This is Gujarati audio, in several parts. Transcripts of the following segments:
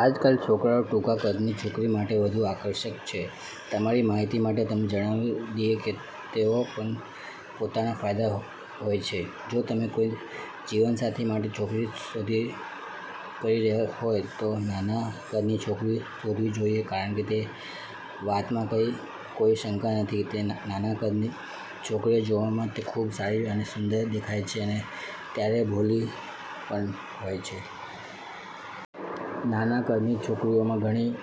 આજકાલ, છોકરાઓ ટૂંકા કદની છોકરી માટે વધુ આકર્ષાય છે. તમારી માહિતી માટે, તમને જણાવી દઈએ કે તેઓના પણ પોતાના ફાયદા હોય છે. જો તમે કોઈ જીવનસાથી માટે છોકરી શોધ કરી રહ્યા હોય, તો નાના કદની છોકરી શોધવી જોઈએ કારણ કે તે વાતમાં કોઈ શંકા નથી કે નાના કદની છોકરીઓ જોવામાં તો ખૂબ સારી અને સુંદર દેખાય છે અને ત્યારે ભોળી પણ હોય છે. નાના કદની છોકરીઓમાં ઘણી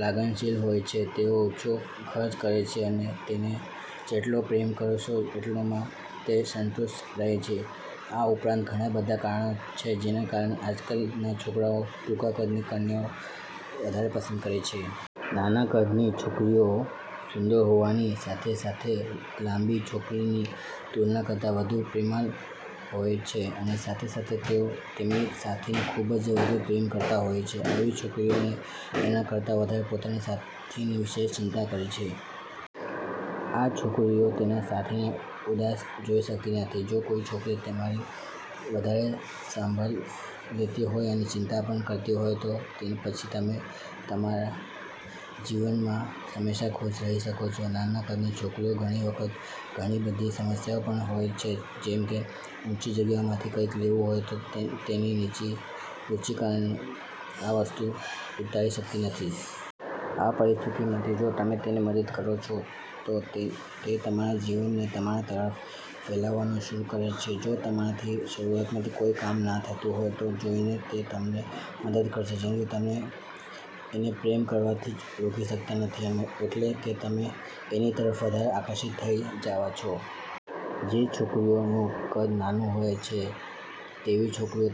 લાગણીશીલ હોય છે, તેઓ ઓછો ખર્ચ કરે છે અને તમે જેટલો પ્રેમ કરો છો એટલામાં એ સંતુષ્ટ રહે છે. આ ઉપરાંત, ઘણા બધા કારણો છે જેના કારણે આજકાલ ના છોકરાઓ ટૂંકા કદની કન્યાઓને વધારે પસંદ કરે છે. નાના કદની છોકરીઓ સુંદર હોવાની સાથે સાથે લાંબી છોકરી ની તુલના કરતાં વધુ પ્રેમાળ હોય છે અને સાથે સાથે તેઓ તેમના સાથીને ખુબ જ વધુ પ્રેમ કરતા હોય છે. એવી છોકરીઓ એના કરતા વધારે પોતાના સાથી વિશે ચિંતા કરે છે. આ છોકરીઓ તેમના સાથીને ઉદાસ જોઈ શકતી નથી, જો કોઈ છોકરી તમારી વધારે સંભાળ લેતી હોય અને ચિંતા પણ કરતી હોય તો તો પછી તમે તમારા જીવનમાં હંમેશાં ખુશ રહી શકો છો. નાના કદની છોકરીઓને ઘણી વખત ઘણી બધી સમસ્યાઓ પણ હોય છે જેમ કે ઊંચી જગ્યામાંથી કંઈક લેવું હોય તો તેની નીચી ઊંચના કારણે, આ વસ્તુ ઉતારી શકતી નથી. આ પરિસ્થિતિમાં, જો તમે તેને મદદ કરો છો, તો તે તમારા જીવનને તમારા તરફ ફેલાવવાનું શરૂ કરે છે. જો તમારાથી શરૂઆતમાં કોઇ કામ ન થતું હોય, તો તે જોઈને તે તમને મદદ કરશે, જેથી તમે એને પ્રેમ કરવાથી રોકી શકતા નથી એટલે કે તમે એની તરફ વધારે આકર્ષિત થઇ જાવ છો. જે છોકરીઓ નું કદ નાનું હોય છે, તેવી છોકરીઓ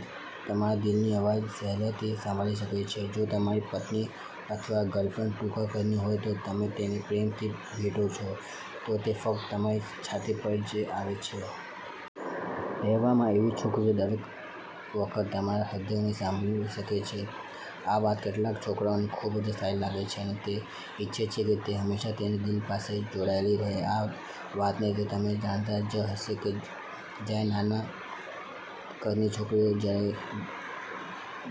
તમારા દિલની અવાજ સહેલાઈથી સાંભળી શકે છે, જો તમારી પત્ની અથવા ગર્લફ્રેન્ડ ટૂંકા કદની હોય તો તમે તેને પ્રેમથી ભેટો છો, તો તે ફક્ત તમારી છાતી પર જ આવે છે. એવામાં એવી છોકરીઓ દરેક વખતે તમારા હૃદયને સાંભળી શકે છે. આ વાત કેટલાક છોકરાઓને ખૂબ જ સારી લાગે છે અને તે ઈચ્છે છે કે તે હંમેશાં તેના દિલ સાથે જોડાયેલી રહે, આ વાત ને તમે જાણતા જ હશો કે જ્યારે નાની કદની છોકરીઓ જ્યારે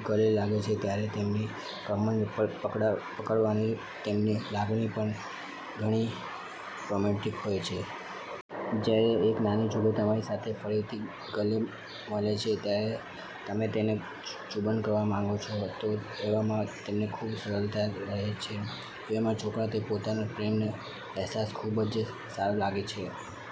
ગળે લાગે છે, ત્યારે તેમની કમરને પકડવાની તેમની લાગણી પણ ઘણી રોમેન્ટિક હોય છે. જ્યારે એક નાની છોકરી તમારી સાથે ફરીથી ગળે મળે છે ત્યારે તમે તેને ચુબન કરવા માંગો છો, તો એવામાં તમને ખૂબ સરળતા રહે છે. એવામાં છોકરા ને પોતાના પ્રેમનો અહેસાસ ખુબ જ સારો લાગે છે.